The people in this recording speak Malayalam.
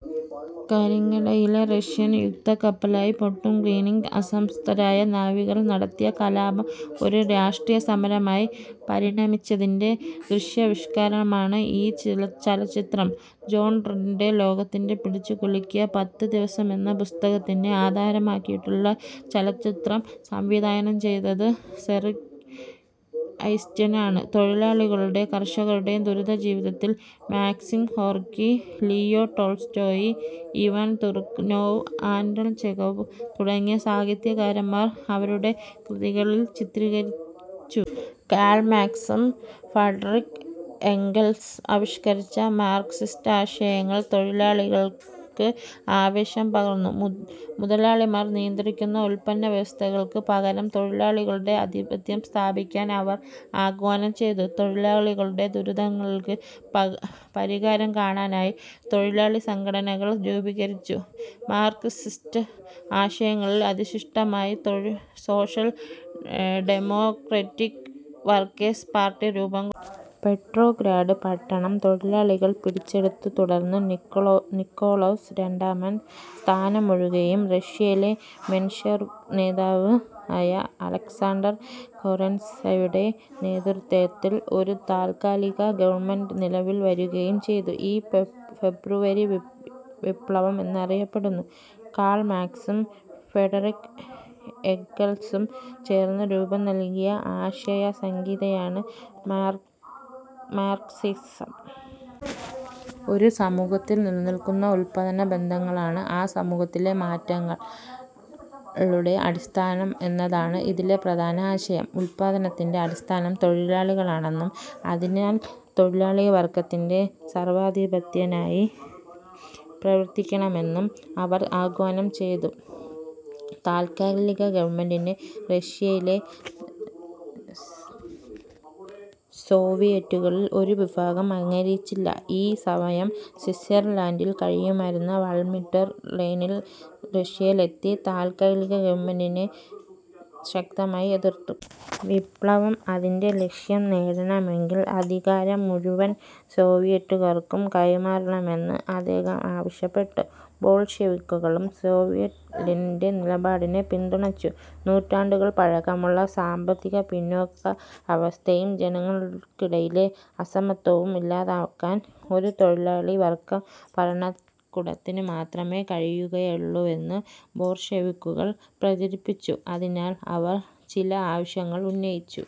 കരിങ്കടലിലെ റഷ്യൻ യുദ്ധക്കപ്പലായ പൊട്ടും കീനിൽ അസംതൃപ്തരായ നാവികർ നടത്തിയ കലാപം ഒരു രാഷ്ട്രീയസമരമായി പരിണമിച്ചതിന്റെ ദൃശ്യാവിഷ്കാരമാണ് ഈ ചലച്ചിത്രം. ജോൺ റീഡിന്റെ "ലോകത്തെ പിടിച്ചുകുലുക്കിയ പത്തു ദിവസം' എന്ന പുസ്തകത്തെ ആധാരമാക്കിയുള്ള ചലചിത്രം സംവിധാനം ചെയ്തതും സെർഗി ഐസൻസ്റ്റീനാണ്. തൊഴിലാളികളുടെയും കർഷകരുടെയും ദുരിതജീവിതത്തെ Maxim Gorky, Leo Tolstoy, Ivan Turgenev, Anton Chekhov തുടങ്ങിയ സാഹിത്യകാരന്മാർ അവരുടെ കൃതികളിൽ ചിത്രീകരിച്ചു. കാൾ മാർക്സും ഫഡറിക് ഏംഗൽസും ആവിഷ്കരിച്ച മാർക്സിസ്റ്റ് ആശയങ്ങൾ തൊഴിലാളികൾക്ക് ആവേശം പകർന്നു. മുതലാളിമാർ നിയന്ത്രിക്കുന്ന ഉൽപ്പാദനവ്യവസ്ഥയ്ക്ക് പകരം തൊഴിലാളികളുടെ ആധിപത്യം സ്ഥാപിക്കാൻ അവർ ആഹ്വാനം ചെയ്തു. തൊഴിലാളികളുടെ ദുരിതങ്ങൾക്ക് പരിഹാരം കാണാനായി തൊഴിലാളിസംഘടനകൾ രൂപീകരിച്ചു. മാർക്സിസ്റ്റ് ആശയങ്ങളിൽ അധിഷ്ഠിതമായ സോഷ്യൽ ഡെമോക്രാറ്റിക് വർക്കേഴ്സ് പാർട്ടി രൂപംകൊണ്ടു. പെട്രോഗ്രാഡ് പട്ടണം തൊഴിലാളികൾ പിടിച്ചെടുത്തു. തുടർന്ന് നിക്കോളാസ് രണ്ടാമൻ സ്ഥാനമൊഴിയുകയും റഷ്യയിൽ മെൻഷെവിക് നേതാവായ അലക്സാണ്ടർ കെരൻസ്കിയുടെ നേതൃത്വത്തിൽ ഒരു താൽക്കാലിക ഗവൺമെന്റ് നിലവിൽ വരുകയും ചെയ്തു. ഇത് ഫെബ്രുവരി വിപ്ലവം എന്നറിയപ്പെടുന്നു. കാൾ മാക്സും ഫ്രഡറിക് ഏംഗൽസും ചേർന്ന് രൂപം നൽകിയ ആശയ സംഹിതയാണ് മാർക്സിസം. ഒരു സമുഹത്തിൽ നിലനിൽക്കുന്ന ഉൽപ്പാദനബന്ധങ്ങളാണ് ആ സമൂഹത്തിലെ മാറ്റങ്ങളുടെ അടിസ്ഥാനം എന്നതാണ് ഇതിലെ പ്രധാന ആശയം. ഉൽപാദനത്തിന്റെ അടിസ്ഥാനം തൊഴിലാളികളാണെന്നും അതിനാൽ തൊഴിലാളിവർഗത്തിന്റെ സർവാധിപത്യത്തിനായി പ്രവർത്തിക്കണമെന്നും അവർ ആഹ്വാനം ചെയ്തു. താൽക്കാലിക ഗവൺമെന്റിനെ റഷ്യയിലെ സോവിയറ്റുകളിൽ ഒരു വിഭാഗം അംഗീകരിച്ചില്ല. ഈ സമയം സ്വിറ്റ്സർലൻഡിൽ കഴിയുകയായിരുന്ന വ്ളാഡിമിർ ലെനിൻ റഷ്യയിലെത്തി താൽക്കാലിക ഗവൺമെന്റിനെ ശക്തമായി എതിർത്തു. വിപ്ലവം അതിന്റെ ലക്ഷ്യം നേടണമെങ്കിൽ അധികാരം മുഴുവൻ സോവിയറ്റുകൾക്ക് കൈമാറണമെന്ന് അദ്ദേഹം ആവശ്യപ്പെട്ടു. ബോൾഷെവിക്കുകളും സോവിയറ്റുകളും ലെനിന്റെ നിലപാടിനെ പിന്തുണച്ചു. നൂറ്റാണ്ടുകൾ പഴക്കമുള്ള സാമ്പത്തിക പിന്നാക്കാവസ്ഥയും ജനങ്ങൾക്കിടയിലെ അസമത്വവും ഇല്ലാതാക്കാൻ ഒരു തൊഴിലാളി വർഗ ഭരണകൂടത്തിനുമാത്രമേ കഴിയുകയുള്ളൂവെന്ന് ബോൾഷെവിക്കുകൾ പ്രചരിപ്പിച്ചു. അതിനായി അവർ ചില ആവശ്യങ്ങൾ ഉന്നയിച്ചു.